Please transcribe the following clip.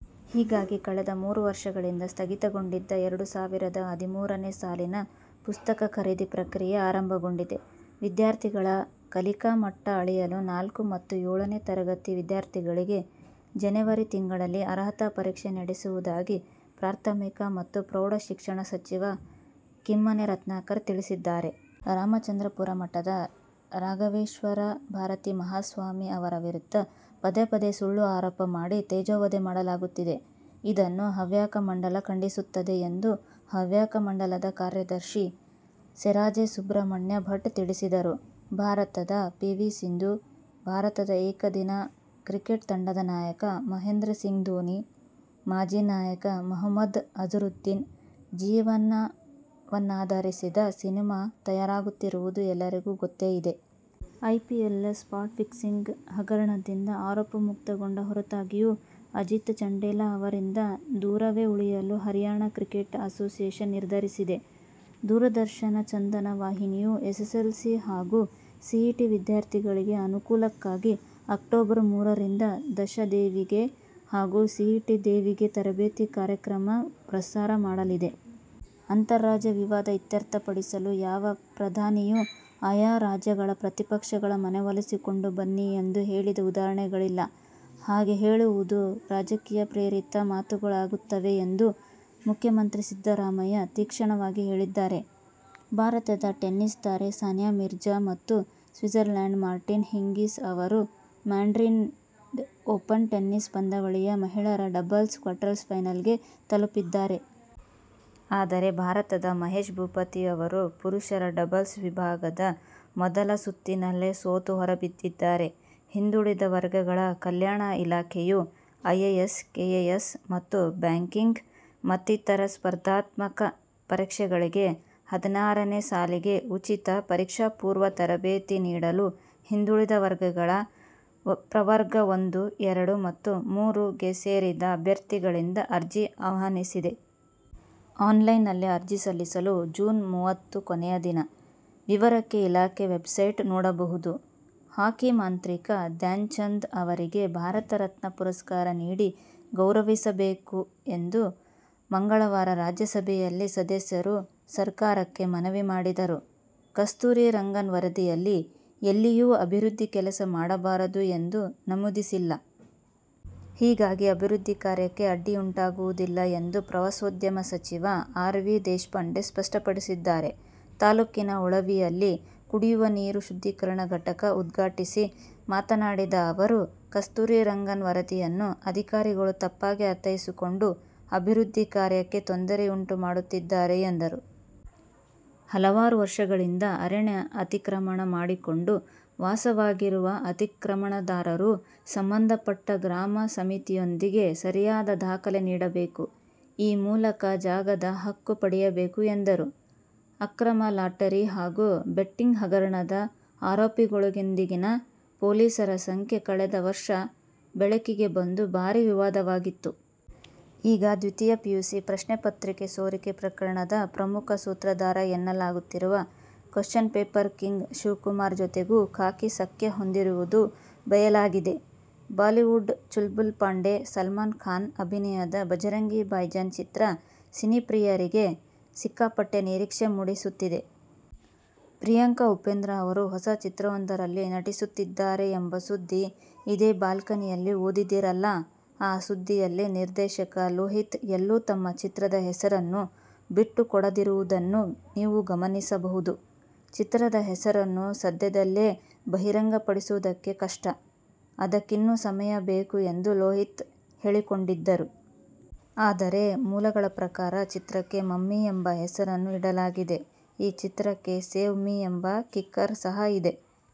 ಹೀಗಾಗಿ ಕಳೆದ ಮೂರು ವರ್ಷಗಳಿಂದ ಸ್ಥಗಿತಗೊಂಡಿದ್ದ ಎರಡು ಸಾವಿರದ ಹದಿಮೂರನೇ ಸಾಲಿನ ಪುಸ್ತಕ ಖರೀದಿ ಪ್ರಕ್ರಿಯೆ ಆರಂಭಗೊಂಡಿದೆ. ವಿದ್ಯಾರ್ಥಿಗಳ ಕಲಿಕಾ ಮಟ್ಟ ಅಳೆಯಲು ನಾಲ್ಕು ಮತ್ತು ಏಳನೇ ತರಗತಿ ವಿದ್ಯಾರ್ಥಿಗಳಿಗೆ ಜನವರಿ ತಿಂಗಳಲ್ಲಿ ಅರ್ಹತಾ ಪರೀಕ್ಷೆ ನಡೆಸುವುದಾಗಿ ಪ್ರಾಥಮಿಕ ಮತ್ತು ಪ್ರೌಢಶಿಕ್ಷಣ ಸಚಿವ ಕಿಮ್ಮನೆ ರತ್ನಾಕರ ತಿಳಿಸಿದ್ದಾರೆ. ರಾಮಚಂದ್ರಾಪುರ ಮಠದ ರಾಘವೇಶ್ವರ ಭಾರತೀ ಮಹಾಸ್ವಾಮಿ ಅವರ ವಿರುದ್ಧ ಪದೇ-ಪದೇ ಸುಳ್ಳು ಆರೋಪ ಮಾಡಿ ತೇಜೋವಧೆ ಮಾಡಲಾಗುತ್ತಿದೆ. ಇದನ್ನು ಹವ್ಯಕ ಮಂಡಲ ಖಂಡಿಸುತ್ತದೆ ಎಂದು ಹವ್ಯಕ ಮಂಡಳದ ಕಾರ್ಯದರ್ಶಿ ಸೇರಾಜೆ ಸುಬ್ರಹ್ಮಣ್ಯ ಭಟ್ ತಿಳಿಸಿದರು. ಭಾರತದ ಪಿ. ವಿ. ಭಾರತ ಏಕದಿನ ಕ್ರಿಕೆಟ್ ತಂಡದ ನಾಯಕ ಮಹೇಂದ್ರ ಸಿಂಗ್ ಧೋನಿ, ಮಾಜಿ ನಾಯಕ ಮೊಹಮ್ಮದ್ ಅಜರುದ್ದೀನ್ ಜೀವನವನ್ನಾಧರಿಸಿದ ಸಿನಿಮಾ ತಯಾರಾಗುತ್ತಿರುವುದು ಎಲ್ಲರಿಗೂ ಗೊತ್ತೇಇದೆ. ಐಪಿಎಲ್ ಸ್ಪಾಟ್ ಫಿಕ್ಸಿಂಗ್ ಹಗರಣದಿಂದ ಆರೋಪಮುಕ್ತಗೊಂಡ ಹೊರತಾಗಿಯೂ ಅಜಿತ್ ಚಾಂಡೀಲಾ ಅವರಿಂದ ದೂರವೇ ಉಳಿಯಲು ಹರಿಯಾಣ ಕ್ರಿಕೆಟ್ ಅಸೋಸಿಯೇಷನ್ ನಿರ್ಧರಿಸಿದೆ. ದೂರದರ್ಶನ ಚಂದನ ವಾಹಿನಿಯು ಎಸ್ಸೆಸ್ಸೆಲ್ಸಿ ಹಾಗೂ ಸಿಇಟಿ ವಿದ್ಯಾರ್ಥಿಗಳಿಗೆ ಅನುಕೂಲಕ್ಕಾಗಿ ಅಕ್ಟೋಬರ್ ಮೂರರಿಂದ ದಶ ದೀವಿಗೆ ಹಾಗೂ ಸಿಇಟಿ ದೀವಿಗೆ ತರಬೇತಿ ಕಾರ್ಯಕ್ರಮ ಪ್ರಸಾರ ಮಾಡಲಿದೆ. ಅಂತರರಾಜ್ಯ ವಿವಾದ ಇತ್ಯರ್ಥಪಡಿಸಲು ಯಾವ ಪ್ರಧಾನಿಯೂ ಆಯಾ ರಾಜ್ಯಗಳ "ಪ್ರತಿಪಕ್ಷಗಳ ಮನವೊಲಿಸಿಕೊಂಡು ಬನ್ನಿ' ಎಂದು ಹೇಳಿದ ಉದಾಹರಣೆಗಳಿಲ್ಲ. ಹಾಗೆ ಹೇಳುವುದು ರಾಜಕೀಯಪ್ರೇರಿತ ಮಾತುಗಳಾಗುತ್ತವೆ ಎಂದು ಮುಖ್ಯಮಂತ್ರಿ ಸಿದ್ದರಾಮಯ್ಯ ತೀಕ್ಷ್ಣವಾಗಿ ಹೇಳಿದ್ದಾರೆ. ಭಾರತದ ಟೆನ್ನಿಸ್ ತಾರೆ ಸಾನಿಯಾ ಮಿರ್ಜಾ ಮತ್ತು ಸ್ವಿಟ್ಸರ್ಲಂಡ್ನ ಮಾರ್ಟಿನ ಹಿಂಗಿಸ್ ಅವರು ಮ್ಯಾಡ್ರಿಡ್ ಓಪನ್ ಟೆನ್ನಿಸ್ ಪಂದ್ಯಾವಳಿಯ ಮಹಿಳೆಯರ ಡಬಲ್ಸ್ ಕ್ವಾರ್ಟರ್ಫೈನಲ್ಸ್ಗೆ ತಲಪಿದ್ದಾರೆ. ಆದರೆ ಭಾರತದ ಮಹೇಶ್ ಭೂಪತಿ ಅವರು ಪುರುಷರ ಡಬಲ್ಸ್ ವಿಭಾಗದ ಮೊದಲ ಸುತ್ತಿನಲ್ಲೇ ಸೋತು ಹೊರಬಿದ್ದಿದ್ದಾರೆ. ಹಿಂದುಳಿದ ವರ್ಗಗಳ ಕಲ್ಯಾಣ ಇಲಾಖೆಯು ಐಎಎಸ್, ಕೆಎಎಸ್ ಮತ್ತು ಬ್ಯಾಂಕಿಂಗ್ ಮತ್ತಿತರ ಸ್ಪರ್ಧಾತ್ಮಕ ಪರೀಕ್ಷೆಗಳಿಗೆ ಹದಿನಾರನೇ ಸಾಲಿಗೆ ಉಚಿತ ಪರೀಕ್ಷಾಪೂರ್ವ ತರಬೇತಿ ನೀಡಲು ಹಿಂದುಳಿದ ವರ್ಗಗಳ ಪ್ರವರ್ಗ- ಒಂದು, ಎರಡು ಮತ್ತು ಮೂರು ಗೆಸೇರಿದ ಅಭ್ಯರ್ಥಿಗಳಿಂದ ಅರ್ಜಿ ಆಹ್ವಾನಿಸಿದೆ. ಆನ್ಲೈನ್ನಲ್ಲಿ ಅರ್ಜಿ ಸಲ್ಲಿಸಲು ಜೂನ್ ಮೂವತ್ತು ಕೊನೆಯ ದಿನ. ವಿವರಕ್ಕೆ ಇಲಾಖಾ ವೆಬ್ಸೈಟ್: ನೋಡಬಹುದು. ಹಾಕಿ ಮಾಂತ್ರಿಕ ಧ್ಯಾನ್ಚಂದ್ ಅವರಿಗೆ ಭಾರತ ರತ್ನ ಪುರಸ್ಕಾರ ನೀಡಿ ಗೌರವಿಸಬೇಕೆಂದು ಮಂಗಳವಾರ ರಾಜ್ಯಸಭೆಯಲ್ಲಿ ಸದಸ್ಯರು ಸರಕಾರಕ್ಕೆ ಮನವಿ ಮಾಡಿದರು. ಕಸ್ತೂರಿ ರಂಗನ್ ವರದಿಯಲ್ಲಿ ಎಲ್ಲಿಯೂ ಅಭಿವೃದ್ಧಿ ಕೆಲಸ ಮಾಡಬಾರದೆಂದು ನಮೂದಿಸಿಲ್ಲ. ಹೀಗಾಗಿ ಅಭಿವೃದ್ಧಿ ಕಾರ್ಯಕ್ಕೆ ಅಡ್ಡಿಯುಂಟಾಗುವುದಿಲ್ಲ ಎಂದು ಪ್ರವಾಸೋದ್ಯಮ ಸಚಿವ ಆರ್. ವಿ. ದೇಶಪಾಂಡೆ ಸ್ಪಷ್ಟಪಡಿಸಿ ದ್ದಾರೆ. ತಾಲೂಕಿನ ಉಳವಿಯಲ್ಲಿ ಕುಡಿಯುವ ನೀರು ಶುದ್ಧೀಕರಣ ಘಟಕ ಉದ್ಘಾಟಿಸಿ ಮಾತನಾಡಿದ ಅವರು, ಕಸ್ತೂರಿ ರಂಗನ್ ವರದಿಯನ್ನು ಅಧಿಕಾರಿಗಳು ತಪ್ಪಾಗಿ ಅರ್ಥೈಸಿಕೊಂಡು ಅಭಿವೃದ್ಧಿ ಕಾರ್ಯಕ್ಕೆ ತೊಂದರೆ ಉಂಟು ಮಾಡುತ್ತಿದ್ದಾರೆ ಎಂದರು. ಹಲವಾರು ವರ್ಷಗಳಿಂದ ಅರಣ್ಯ ಅತಿಕ್ರಮಣ ಮಾಡಿಕೊಂಡು ವಾಸವಾಗಿರುವ ಅತಿಕ್ರಮಣದಾರರು ಸಂಬಂಧಪಟ್ಟ ಗ್ರಾಮ ಸಮಿತಿಯೊಂದಿಗೆ ಸರಿಯಾದ ದಾಖಲೆ ನೀಡಬೇಕು. ಈ ಮೂಲಕ ಜಾಗದ ಹಕ್ಕು ಪಡೆಯಬೇಕು ಎಂದರು. ಅಕ್ರಮ ಲಾಟರಿ ಹಾಗೂ ಬೆಟ್ಟಿಂಗ್ ಹಗರಣದ ಆರೋಪಿಗಳೊಂದಿಗಿನ ಪೊಲೀಸರ ಸಖ್ಯ ಕಳೆದ ವರ್ಷ ಬೆಳಕಿಗೆ ಬಂದು ಭಾರೀ ವಿವಾದವಾಗಿತ್ತು. ಈಗ ದ್ವಿತೀಯ ಪಿಯುಸಿ ಪ್ರಶ್ನೆ ಪತ್ರಿಕೆ ಸೋರಿಕೆ ಪ್ರಕರಣದ ಪ್ರಮುಖ ಸೂತ್ರಧಾರ ಎನ್ನ ಲಾಗುತ್ತಿರುವ ಕ್ವಶ್ಚನ್ ಪೇಪರ್ ಕಿಂಗ್' ಶಿವಕುಮಾರ್ ಜತೆಗೂ ಖಾಕಿ ಸಖ್ಯ ಹೊಂದಿರುವುದು ಬಯಲಾಗಿದೆ. ಬಾಲಿವುಡ್ ಚುಲ್'ಬುಲ್ ಪಾಂಡೆ 'ಸಲ್ಮಾನ್ ಖಾನ್' ಅಭಿನಯದ 'ಭಜರಂಗಿ ಭಾಯಿಜಾನ್' ಚಿತ್ರ ಸಿನಿಪ್ರಿಯರಿಗೆ ಸಿಕ್ಕಾಪಟ್ಟೆ ನಿರೀಕ್ಷೆ ಮೂಡಿಸುತ್ತಿದೆ. ಪ್ರಿಯಾಂಕಾ ಉಪೇಂದ್ರ ಅವರು ಹೊಸ ಚಿತ್ರವೊಂದರಲ್ಲಿ ನಟಿಸುತ್ತಿದ್ದಾರೆ ಎಂಬ ಸುದ್ದಿ ಇದೇ ಬಾಲ್ಕನಿಯಲ್ಲಿ ಓದಿದ್ದಿರಲ್ಲಾ. ಆ ಸುದ್ದಿಯಲ್ಲಿ ನಿರ್ದೇಶಕ ಲೋಹಿತ್ ಎಲ್ಲೂ ತಮ್ಮ ಚಿತ್ರದ ಹೆಸರನ್ನು ಬಿಟ್ಟುಕೊಡದಿರುವುದನ್ನು ನೀವು ಗಮನಿಸಬಹುದು. ಚಿತ್ರದ ಹೆಸರನ್ನು ಸದ್ಯದಲ್ಲೇ ಬಹಿರಂಗಪಡಿಸುವುದಕ್ಕೆ ಕಷ್ಟ, ಅದಕ್ಕಿನ್ನೂ ಸಮಯ ಬರಬೇಕು ಎಂದು ಲೋಹಿತ್ ಹೇಳಿಕೊಂಡಿದ್ದರು. ಆದರೆ, ಮೂಲಗಳ ಪ್ರಕಾರ ಚಿತ್ರಕ್ಕೆ ಮಮ್ಮಿ ಎಂಬ ಹೆಸರನ್ನು ಇಡಲಾಗಿದೆ. ಈ ಚಿತ್ರಕ್ಕೆ ಸೇವ್ ಮಿ ಎಂಬ ಕಿಕ್ಕರ್ ಸಹ ಇದೆ.